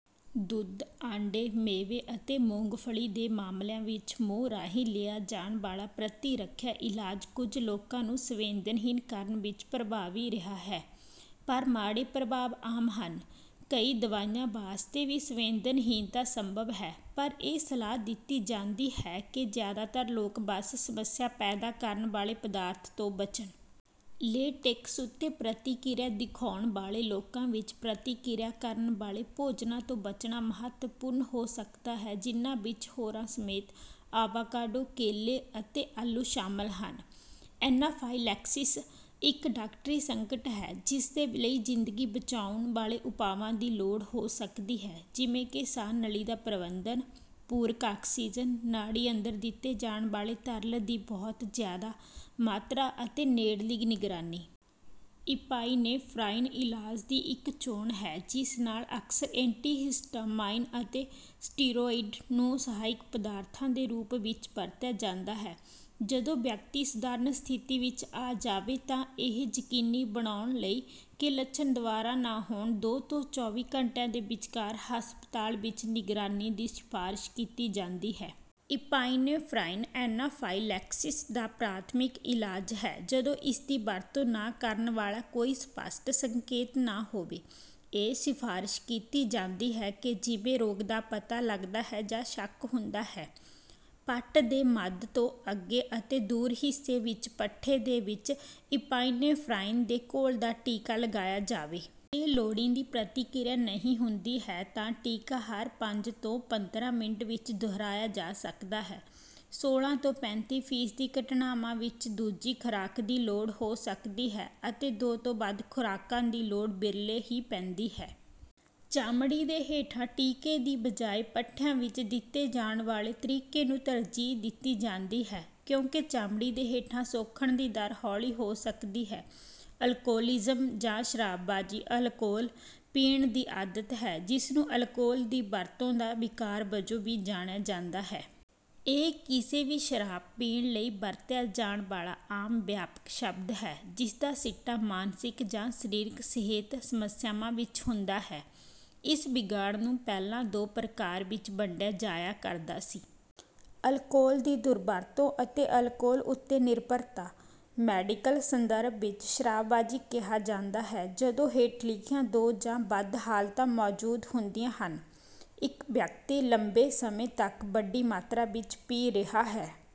ਦੁੱਧ, ਆਂਡੇ, ਮੇਵੇ ਅਤੇ ਮੂੰਗਫਲੀ ਦੇ ਮਾਮਲਿਆਂ ਵਿੱਚ ਮੂੰਹ ਰਾਹੀਂ ਲਿਆ ਜਾਣ ਵਾਲਾ ਪ੍ਰਤਿਰੱਖਿਆ ਇਲਾਜ ਕੁਝ ਲੋਕਾਂ ਨੂੰ ਸੰਵੇਦਨਹੀਣ ਕਰਨ ਵਿੱਚ ਪ੍ਰਭਾਵੀ ਰਿਹਾ ਹੈ। ਪਰ ਮਾੜੇ ਪ੍ਰਭਾਵ ਆਮ ਹਨ। ਕਈ ਦਵਾਈਆਂ ਵਾਸਤੇ ਵੀ ਸੰਵੇਦਨਹੀਨਤਾ ਸੰਭਵ ਹੈ, ਪਰ ਇਹ ਸਲਾਹ ਦਿੱਤੀ ਜਾਂਦੀ ਹੈ ਕਿ ਜ਼ਿਆਦਾਤਰ ਲੋਕ ਬਸ ਸਮੱਸਿਆ ਪੈਦਾ ਕਰਨ ਵਾਲੇ ਪਦਾਰਥ ਤੋਂ ਬਚਣ। ਲੇਟੇਕਸ ਉੱਤੇ ਪ੍ਰਤਿਕਿਰਿਆ ਦਿਖਾਉਣ ਵਾਲੇ ਲੋਕਾਂ ਵਿੱਚ, ਪ੍ਰਤਿਕਿਰਿਆ ਕਰਨ ਵਾਲੇ ਭੋਜਨਾਂ ਤੋਂ ਬਚਣਾ ਮਹੱਤਵਪੂਰਨ ਹੋ ਸਕਦਾ ਹੈ ਜਿਨ੍ਹਾਂ ਵਿੱਚ ਹੋਰਾਂ ਸਮੇਤ ਅਵਾਕਾਡੋ, ਕੇਲੇ, ਅਤੇ ਆਲੂ ਸ਼ਾਮਲ ਹਨ। ਐਨਾਫਾਈਲੈਕਸਿਸ ਇੱਕ ਡਾਕਟਰੀ ਸੰਕਟ ਹੈ ਜਿਸਦੇ ਲਈ ਜ਼ਿੰਦਗੀ ਬਚਾਉਣ ਵਾਲੇ ਉਪਾਵਾਂ ਦੀ ਲੋੜ ਹੋ ਸਕਦੀ ਹੈ ਜਿਵੇਂ ਕਿ ਸਾਹ ਨਲੀ ਦਾ ਪ੍ਰਬੰਧਨ, ਪੂਰਕ ਆਕਸੀਜ਼ਨ, ਨਾੜੀ ਅੰਦਰ ਦਿੱਤੇ ਜਾਣ ਵਾਲੇ ਤਰਲ ਦੀ ਬਹੁਤ ਜ਼ਿਆਦਾ ਮਾਤਰਾ, ਅਤੇ ਨੇੜਲੀ ਨਿਗਰਾਨੀ। ਇਪਾਈਨੇਫ੍ਰਾਈਨ ਇਲਾਜ ਦੀ ਇੱਕ ਚੋਣ ਹੈ ਜਿਸ ਨਾਲ ਅਕਸਰ ਏਂਟੀਹਿਸਟਾਮਾਈਨ ਅਤੇ ਸਟੀਰੋਇਡ ਨੂੰ ਸਹਾਇਕ ਪਦਾਰਥਾਂ ਦੇ ਰੂਪ ਵਿੱਚ ਵਰਤਿਆ ਜਾਂਦਾ ਹੈ। ਜਦੋਂ ਵਿਅਕਤੀ ਸਧਾਰਨ ਸਥਿਤੀ ਵਿੱਚ ਆ ਜਾਵੇ ਤਾਂ ਇਹ ਯਕੀਨੀ ਬਣਾਉਣ ਲਈ ਕਿ ਲੱਛਣ ਦੁਬਾਰਾ ਨਾ ਹੋਣ, ਦੋ ਤੋਂ ਚੌਵੀ ਘੰਟਿਆਂ ਦੇ ਵਿਚਕਾਰ ਹਸਪਤਾਲ ਵਿੱਚ ਨਿਗਰਾਨੀ ਦੀ ਸਿਫਾਰਸ਼ ਕੀਤੀ ਜਾਂਦੀ ਹੈ। ਇਪਾਈਨੇਫ੍ਰਾਈਨ ਐਨਾਫਾਈਲੈਕਸਿਸ ਦਾ ਪ੍ਰਾਥਮਿਕ ਇਲਾਜ ਹੈ ਜਦੋਂ ਇਸਦੀ ਵਰਤੋਂ ਨਾ ਕਰਨ ਵਾਲਾ ਕੋਈ ਸਪੱਸ਼ਟ ਸੰਕੇਤ ਨਾ ਹੋਵੇ। ਇਹ ਸਿਫਾਰਸ਼ ਕੀਤੀ ਜਾਂਦੀ ਹੈ ਕਿ ਜਿਵੇਂ ਹੀ ਰੋਗ ਦਾ ਪਤਾ ਲਗਦਾ ਹੈ ਜਾਂ ਸ਼ੱਕ ਹੁੰਦਾ ਹੈ, ਪੱਟ ਦੇ ਮੱਧ ਤੋਂ ਅੱਗੇ ਅਤੇ ਦੂਰ ਹਿੱਸੇ ਵਿੱਚ ਪੱਠੇ ਦੇ ਵਿੱਚ ਇਪਾਈਨੇਫ੍ਰਾਈਨ ਦੇ ਘੋਲ ਦਾ ਟੀਕਾ ਲਗਾਇਆ ਜਾਵੇ। ਜੇ ਲੋੜੀਂਦੀ ਪ੍ਰਤਿਕਿਰਿਆ ਨਹੀਂ ਹੁੰਦੀ ਹੈ ਤਾਂ ਟੀਕਾ ਹਰ ਪੰਜ ਤੋਂ ਪੰਦਰਾਂ ਮਿੰਟ ਵਿੱਚ ਦੁਹਰਾਇਆ ਜਾ ਸਕਦਾ ਹੈ। ਸੋਲ੍ਹਾਂ ਤੋਂ ਪੈਂਤੀ ਫੀਸਦੀ ਘਟਨਾਵਾਂ ਵਿੱਚ ਦੂਜੀ ਖੁਰਾਕ ਦੀ ਲੋੜ ਹੋ ਸਕਦੀ ਹੈ ਅਤੇ ਦੋ ਤੋਂ ਵੱਧ ਖੁਰਾਕਾਂ ਦੀ ਲੋੜ ਵਿਰਲੇ ਹੀ ਪੈਂਦੀ ਹੈ। ਚਮੜੀ ਦੇ ਹੇਠਾਂ ਟੀਕੇ ਦੀ ਬਜਾਏ ਪੱਠਿਆਂ ਵਿੱਚ ਦਿੱਤੇ ਜਾਣ ਵਾਲੇ ਤਰੀਕੇ ਨੂੰ ਤਰਜੀਹ ਦਿੱਤੀ ਜਾਂਦੀ ਹੈ ਕਿਉਂਕਿ ਚਮੜੀ ਦੇ ਹੇਠਾਂ ਸੋਖਣ ਦੀ ਦਰ ਹੌਲੀ ਹੋ ਸਕਦੀ ਹੈ। ਅਲਕੋਹਲਿਜ਼ਮ ਜਾਂ ਸ਼ਰਾਬਬਾਜ਼ੀ ਅਲਕੋਹਲ ਪੀਣ ਦੀ ਆਦਤ ਹੈ, ਜਿਸ ਨੂੰ ਅਲਕੋਹਲ ਦੀ ਵਰਤੋਂ ਦਾ ਵਿਕਾਰ ਵਜੋਂ ਵੀ ਜਾਣਿਆ ਜਾਂਦਾ ਹੈ। ਇਹ ਕਿਸੇ ਵੀ ਸ਼ਰਾਬ ਪੀਣ ਲਈ ਵਰਤਿਆ ਜਾਣ ਵਾਲਾ ਆਮ ਵਿਆਪਕ ਸ਼ਬਦ ਹੈ ਜਿਸਦਾ ਸਿੱਟਾ ਮਾਨਸਿਕ ਜਾਂ ਸਰੀਰਕ ਸਿਹਤ ਸਮੱਸਿਆਵਾਂ ਵਿੱਚ ਹੁੰਦਾ ਹੈ। ਇਸ ਵਿਗਾੜ ਨੂੰ ਪਹਿਲਾਂ ਦੋ ਪ੍ਰਕਾਰ ਵਿੱਚ ਵੰਡਿਆ ਜਾਇਆ ਕਰਦਾ ਸੀ। ਅਲਕੋਹਲ ਦੀ ਦੁਰਵਰਤੋਂ ਅਤੇ ਅਲਕੋਹਲ ਉੱਤੇ ਨਿਰਭਰਤਾ। ਮੈਡੀਕਲ ਸੰਦਰਭ ਵਿੱਚ, ਸ਼ਰਾਬਬਾਜ਼ੀ ਕਿਹਾ ਜਾਂਦਾ ਹੈ ਜਦੋਂ ਹੇਠ ਲਿਖੀਆਂ ਦੋ ਜਾਂ ਵੱਧ ਹਾਲਤਾਂ ਮੌਜੂਦ ਹੁੰਦੀਆਂ ਹਨ। ਇੱਕ ਵਿਅਕਤੀ ਲੰਬੇ ਸਮੇਂ ਤੱਕ ਵੱਡੀ ਮਾਤਰਾ ਵਿੱਚ ਪੀ ਰਿਹਾ ਹੈ...